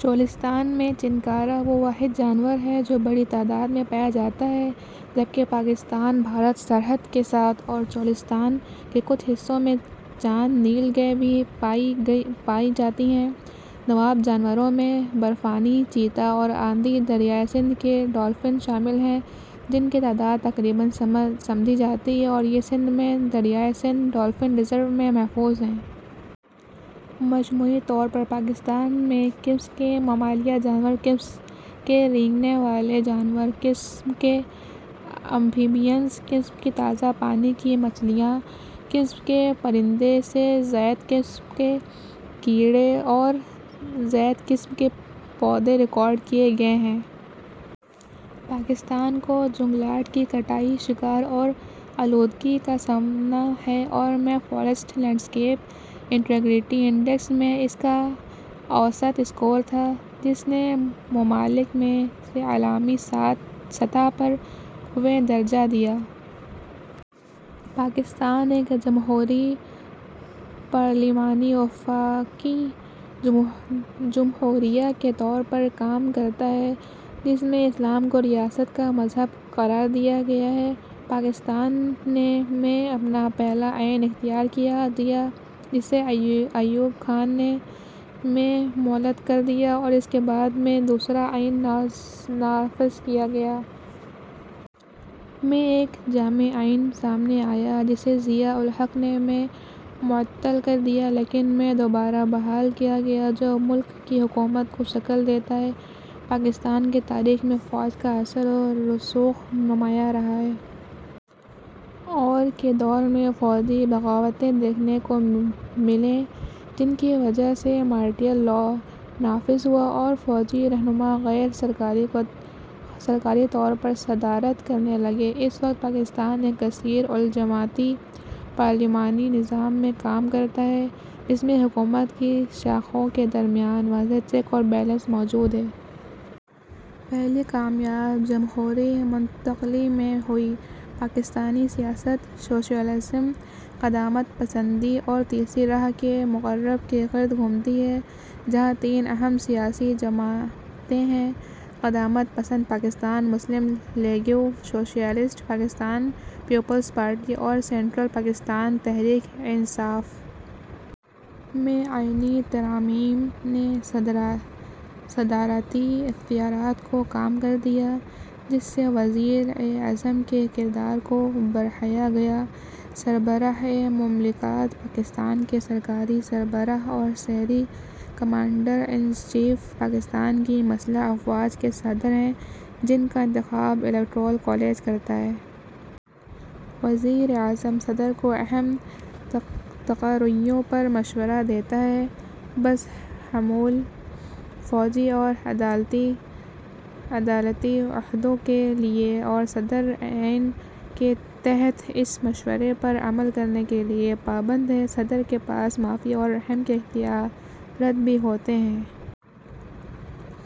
چولستان میں چنکارا وہ واحد جانور ہے جو بڑی تعداد میں پایا جاتا ہے، جبکہ پاکستان-بھارت سرحد کے ساتھ اور چولستان کے کچھ حصوں میں چند نیل گائے بھی پائی جاتی ہیں۔ نایاب جانوروں میں برفانی چیتا اور اندھی دریائے سندھ کی ڈولفن شامل ہیں، جن کی تعداد تقریباً سمجھی جاتی ہے اور یہ سندھ میں دریائے سندھ ڈولفن ریزرو میں محفوظ ہیں۔ مجموعی طور پر پاکستان میں قسم کے ممالیہ جانور، قسم کے رینگنے والے جانور، قسم کے ایمفیبین، قسم کی تازہ پانی کی مچھلیاں، قسم کے پرندے، سے زائد قسم کے کیڑے اور سے زائد قسم کے پودے ریکارڈ کیے گئے ہیں۔ پاکستان کو جنگلات کی کٹائی، شکار اور آلودگی کا سامنا ہے اور میں forest landscape integrity index میں اس کا اوسط اسکور تھا، جس نے ممالک میں سے عالمی سطح پر ویں درجہ دیا۔ پاکستان ایک جمہوری پارلیمانی وفاقی جمہوریہ کے طور پر کام کرتا ہے، جس میں اسلام کو ریاست کا مذہب قرار دیا گیا ہے۔ پاکستان نے میں اپنا پہلا آئین اختیار کیا، جسے ایوب خان نے میں معطل کر دیا اور اس کے بعد میں دوسرا آئین نافذ کیا گیا۔ میں ایک جامع آئین سامنے آیا، جسے ضیاء الحق نے میں معطل کر دیا لیکن میں دوبارہ بحال کیا گیا، جو ملک کی حکومت کو شکل دیتا ہے۔ پاکستان کی تاریخ میں فوج کا اثر و رسوخ نمایاں رہا ہے۔ ، اور – کے دور میں فوجی بغاوتیں دیکھنے کو ملیں، جن کی وجہ سے مارشل لا نافذ ہوا اور فوجی رہنما غیر سرکاری طور پر صدارت کرنے لگے۔ اس وقت، پاکستان ایک کثیر الجماعتی پارلیمانی نظام میں کام کرتا ہے، جس میں حکومت کی شاخوں کے درمیان واضح چیک اور بیلنس موجود ہیں۔ پہلی کامیاب جمہوری منتقلی مئی میں ہوئی۔ پاکستانی سیاست سوشلزم، قدامت پسندی اور تیسری راہ کے مرکب کے گرد گھومتی ہے، جہاں تین اہم سیاسی جماعتیں ہیں: قدامت پسند پاکستان مسلم league, socialist Pakistan peoples party اور سنٹرل پاکستان تحریک انصاف۔ میں آئینی ترامیم نے صدارتی اختیارات کو کم کر دیا، جس سے وزیر اعظم کے کردار کو بڑھایا گیا۔ سربراہ مملکت: پاکستان کے سرکاری سربراہ اور شہری کمانڈر انچیف پاکستان کی مسلح افواہج کے صدر ہیں، جن کا انتخاب الیکٹورل کالج کرتا ہے۔ وزیر اعظم صدر کو اہم تقرریوں پر مشورہ دیتا ہے، بشمول فوجی اور عدالتی عہدوں کے لیے اور صدر آئین کے تحت اس مشورے پر عمل کرنے کے لیے پابند ہے۔ صدر کے پاس معافی اور رحم کے اختیارات بھی ہوتے ہیں۔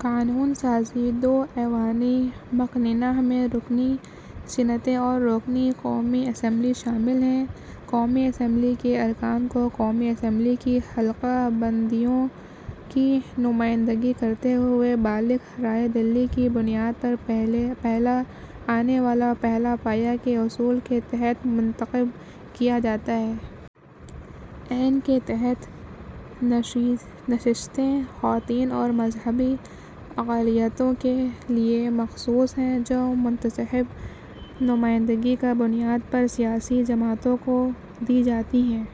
قانون سازی: دو ایوانی مقننہ میں رکنی سینیٹ اور رکنی قومی اسمبلی شامل ہیں۔ قومی اسمبلی کے ارکان کو قومی اسمبلی کی حلقہ بندیوں کی نمائندگی کرتے ہوئے بالغ رائے دہی کی بنیاد پر "پہلا آنے والا، پہلے پایا" کے اصول کے تحت منتخب کیا جاتا ہے۔ آئین کے تحت نشستیں خواتین اور مذہبی اقلیتوں کے لیے مخصوص ہیں، جو متناسب نمائندگی کی بنیاد پر سیاسی جماعتوں کو دی جاتی ہیں۔